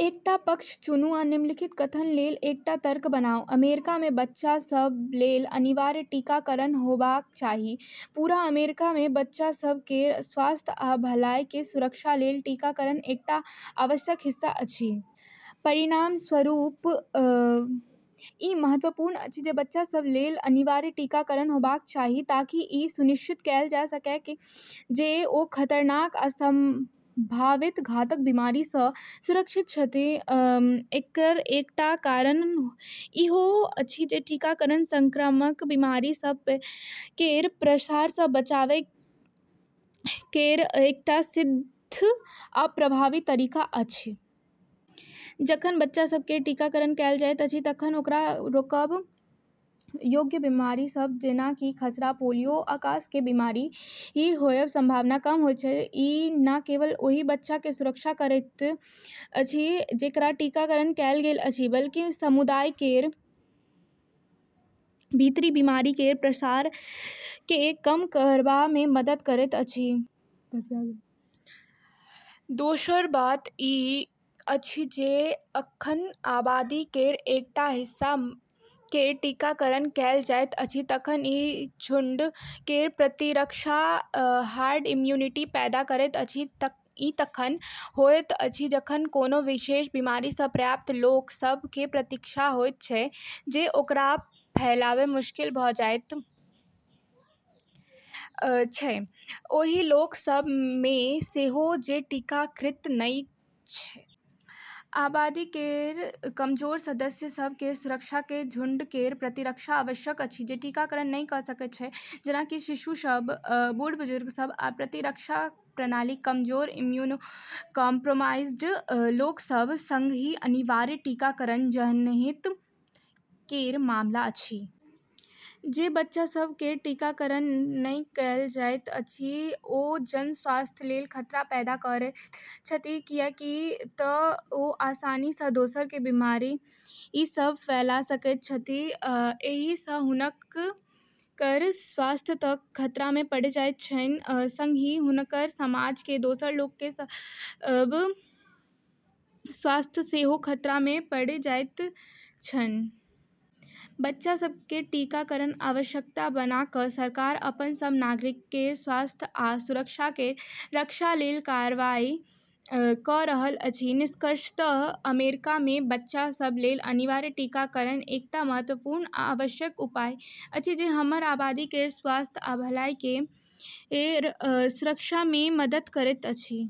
एकटा पक्ष चुनू आ निम्नलिखित कथन लेल एकटा तर्क बनाऊ। अमेरिका मे बच्चा सभ लेल अनिवार्य टीकाकरण होबाक चाही। पूरा अमेरिका मे बच्चा सभ केर स्वास्थ्य आ भलाई केर सुरक्षा लेल टीकाकरण एकटा आवश्यक हिस्सा अछि। परिणामस्वरूप, ई महत्वपूर्ण अछि जे बच्चा सभ लेल अनिवार्य टीकाकरण होबाक चाही, ताकि ई सुनिश्चित कएल जा सकय जे ओ खतरनाक आ सम्भावित घातक बीमारी सभ सँ सुरक्षित छथि। एकर एकटा कारण ईहो अछि जे टीकाकरण संक्रामक बीमारी सभ केर प्रसार सँ बचाव केर एकटा सिद्ध आ प्रभावी तरीका अछि। जखन बच्चा सभ केर टीकाकरण कएल जाइत अछि, तखन ओकरा रोकब योग्य बीमारी सभ जेना कि खसरा, पोलियो, आ कास सँ बीमार होयबाक संभावना कम होइत छै। ई न केवल ओहि बच्चा केर सुरक्षा करैत अछि, जेकरा टीकाकरण कएल गेल अछि, बल्कि समुदाय केर भीतर बीमारी केर प्रसार केँ कम करबा मे मदद करैत अछि। दोसर बात ई अछि जे जखन आबादी केर एकटा महत्वपूर्ण हिस्सा केर टीकाकरण कएल जाइत अछि तखन ई झुंड केर प्रतिरक्षा हर्ड इम्युनिटी पैदा करैत अछि। ई तखन होइत अछि जखन कोनो विशेष बीमारी सँ पर्याप्त लोक सभ केँ प्रतिरक्षा होइत छै जे ओकरा फैलब मुश्किल भऽ जाइत छै, ओहि लोक सभ मे सेहो जे टीकाकृत नहि छथि। आबादी केर कमजोर सदस्य सभ केर सुरक्षा मे झुंड केर प्रतिरक्षा आवश्यक अछि, जे टीकाकरण नहि कऽ सकैत छथि, जेना कि शिशु सभ, बूढ़-बुजुर्ग सभ, आ प्रतिरक्षा प्रणाली कमजोर इम्यूनोकाम्प्रोमाइज्ड लोक सभ। संगहि, अनिवार्य टीकाकरण जनहित केर मामला अछि। जे बच्चा सभ केर टीकाकरण नहि कएल जाइत अछि, ओ जनस्वास्थ्य लेल खतरा पैदा करैत छथि, कियाक तँ ओ आसानी सँ दोसर केँ बीमारी सभ फैला सकैत छथि। एहि सँ हुनकर स्वास्थ्य तँ खतरा मे पड़ि जाइत छन्हि, संगहि हुनकर समाज मे दोसर लोक सभ केर स्वास्थ्य सेहो खतरा मे पड़ि जाइत छन्हि। बच्चा सभ केँ टीकाकरण केर आवश्यकता बना कऽ सरकार अपन सभ नागरिक केर स्वास्थ्य आ सुरक्षा केर रक्षा लेल कार्रवाई कऽ रहल अछि। निष्कर्षतः, अमेरिका मे बच्चा सभ लेल अनिवार्य टीकाकरण एकटा महत्वपूर्ण आ आवश्यक उपाय अछि जे हमर आबादी केर स्वास्थ्य आ भलाई केर सुरक्षा मे मदद करैत अछि।